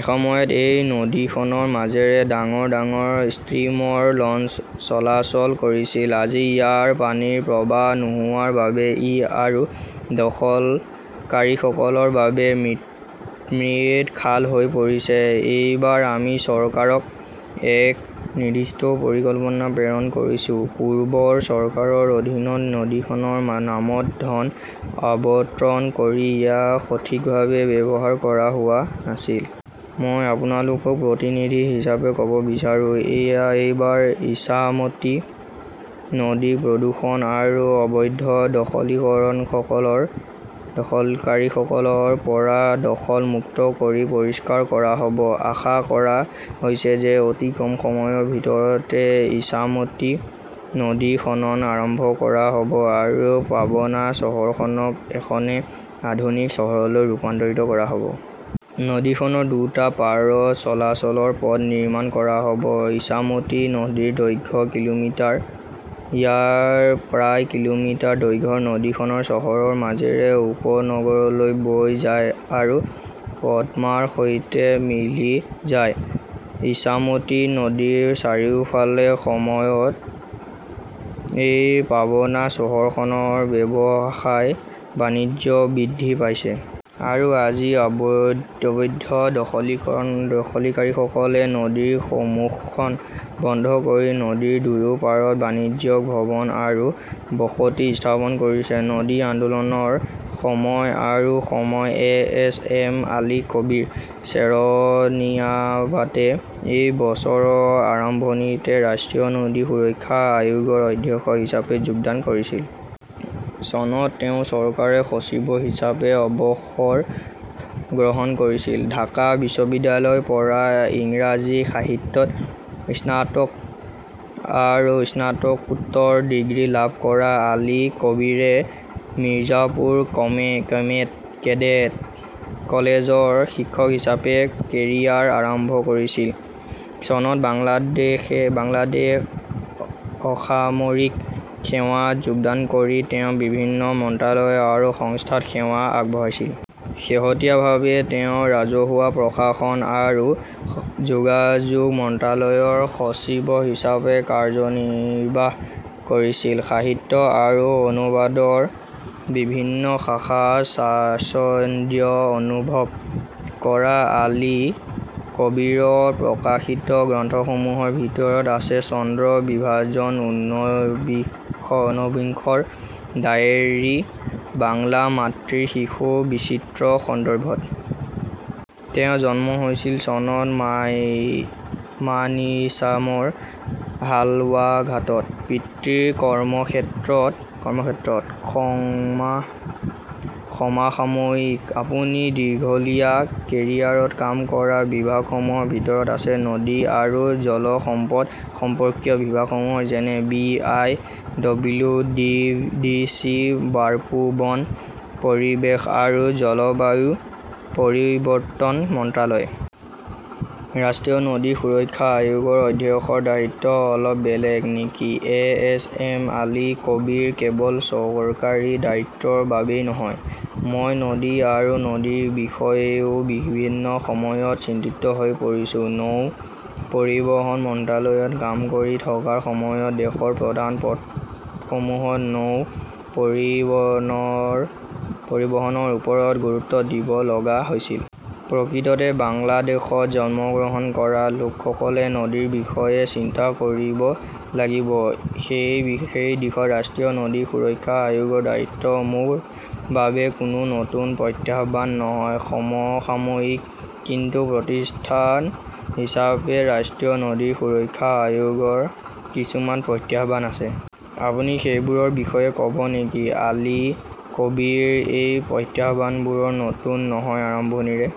এসময়ত এই নদীখনৰ মাজেৰে ডাঙৰ ডাঙৰ ষ্টীমৰ, লঞ্চ চলাচল কৰিছিল। আজি ইয়াৰ পানীৰ প্ৰৱাহ নোহোৱাৰ বাবে ই আৰু দখলকাৰীসকলৰ বাবে মৃত খাল হৈ পৰিছে। এইবাৰ আমি চৰকাৰক এক নিৰ্দিষ্ট পৰিকল্পনা প্ৰেৰণ কৰিছো। পূৰ্বৰ চৰকাৰৰ অধীনত নদীখনৰ নামত ধন আবণ্টন কৰি ইয়াক সঠিকভাৱে ব্যৱহাৰ কৰা হোৱা নাছিল। মই আপোনালোকক প্ৰতিনিধি হিচাপে ক'ব বিচাৰো, এইবাৰ ইছামতি নদীক প্ৰদূষণ আৰু অবৈধ দখলকাৰীসকলৰ পৰা দখল মুক্ত কৰি পৰিষ্কাৰ কৰা হ'ব। আশা কৰা হৈছে যে অতি কম সময়ৰ ভিতৰতে ইছামতি নদী খনন আৰম্ভ কৰা হ'ব আৰু পাবনা চহৰখনক এখন আধুনিক চহৰলৈ ৰূপান্তৰিত কৰা হ'ব। নদীখনৰ দুটা পাৰত চলাচলৰ পথ নিৰ্মাণ কৰা হ’ব। ইছামতি নদীৰ দৈৰ্ঘ্য কিলোমিটাৰ। ইয়াৰ প্ৰায় কিলোমিটাৰ দৈৰ্ঘ্যৰ নদীখন চহৰখনৰ মাজেৰে উপনগৰলৈ বৈ যায় আৰু পদ্মাৰ সৈতে মিলি যায়। ইছামতী নদীৰ চাৰিওফালে এসময়ত এই পাবনা চহৰখনৰ ব্যৱসায়-বাণিজ্য বৃদ্ধি পাইছিল। আৰু আজি, অবৈধ দখলকাৰীসকলে নদীৰ মুখখন বন্ধ কৰি নদীৰ দুয়ো পাৰত বাণিজ্যিক ভৱন আৰু বসতি স্থাপন কৰিছে। নদী আন্দোলনৰ সময় আৰু সমন A. S. M. Ali Kabir চেৰনিয়াবাতে এই বছৰৰ আৰম্ভণিতে ৰাষ্ট্ৰীয় নদী সুৰক্ষা আয়োগৰ অধ্যক্ষ হিচাপে যোগদান কৰিছিল। চনত তেওঁ চৰকাৰৰ সচিব হিচাপে অৱসৰ গ্ৰহণ কৰিছিল। ঢাকা বিশ্ববিদ্যালয়ৰ পৰা ইংৰাজী সাহিত্যত স্নাতক আৰু স্নাতকোত্তৰ ডিগ্ৰী লাভ কৰা আলী কবীৰে মিৰ্জাপুৰ কেডেট কলেজৰ শিক্ষক হিচাপে কেৰিয়াৰ আৰম্ভ কৰিছিল। চনত বাংলাদেশ অসামৰিক সেৱাত যোগদান কৰি তেওঁ বিভিন্ন মন্ত্ৰালয় আৰু সংস্থাত সেৱা আগবঢ়াইছিল। শেহতীয়াভাৱে তেওঁ ৰাজহুৱা প্ৰশাসন আৰু যোগাযোগ মন্ত্ৰালয়ৰ সচিব হিচাপে কাৰ্যনিৰ্বাহ কৰিছিল। সাহিত্য আৰু অনুবাদৰ বিভিন্ন শাখাত স্বাচ্ছন্দ্য অনুভৱ কৰা আলী কবীৰৰ প্ৰকাশিত গ্ৰন্থসমূহৰ ভিতৰত আছে চন্দ্ৰ বিভাজন, ঊনবিংশৰ ডায়েৰী, বাংলা মাতৃৰ শিশু, বিচিত্ৰ সন্দৰ্ভত। তেওঁৰ জন্ম হৈছিল চনত মাইমানিছামৰ হালৱাঘাটত, পিতৃৰ কৰ্মক্ষেত্ৰত। সমাসাময়িকঃ আপুনি দীঘলীয়া কেৰিয়াৰত কাম কৰা বিভাগসমূহৰ ভিতৰত আছে নদী আৰু জল সম্পদ সম্পৰ্কীয় বিভাগসমূহ। যেনে B. I. W. T. C. WARPO বন, পৰিৱেশ আৰু জলবায়ু পৰিৱৰ্তন মন্ত্ৰালয়। ৰাষ্ট্ৰীয় নদী সুৰক্ষা আয়োগৰ অধ্যক্ষৰ দায়িত্ব অলপ বেলেগ নেকি A. S. M. Ali Kabir কেৱল চৰকাৰী দায়িত্বৰ বাবেই নহয়, মই নদী আৰু নদীৰ বিষয়েও বিভিন্ন সময়ত চিন্তিত হৈ পৰিছো। নৌ পৰিবহণ মন্ত্ৰালয়ত কাম কৰি থকাৰ সময়ত দেশৰ প্ৰধান পথসমূহত নৌ পৰিবহণৰ ওপৰত গুৰুত্ব দিব লগা হৈছিল। প্ৰকৃততে বাংলাদেশত জন্মগ্ৰহণ কৰা লোকসকলে নদীৰ বিষয়ে চিন্তা কৰিব লাগিব। সেই দিশত ৰাষ্ট্ৰীয় নদী সুৰক্ষা আয়োগৰ দায়িত্ব মোৰ বাবে কোনো নতুন প্ৰত্যাহ্বান নহয়। সমসাময়িকঃ কিন্তু প্ৰতিষ্ঠান হিচাপে ৰাষ্ট্ৰীয় নদী সুৰক্ষা আয়োগৰ কিছুমান প্ৰত্যাহ্বান আছে। আপুনি সেইবোৰৰ বিষয়ে ক 'ব নেকি আলী কবীৰঃ এই প্ৰত্যাহ্বানবোৰ নতুন নহয়, আৰম্ভণিৰে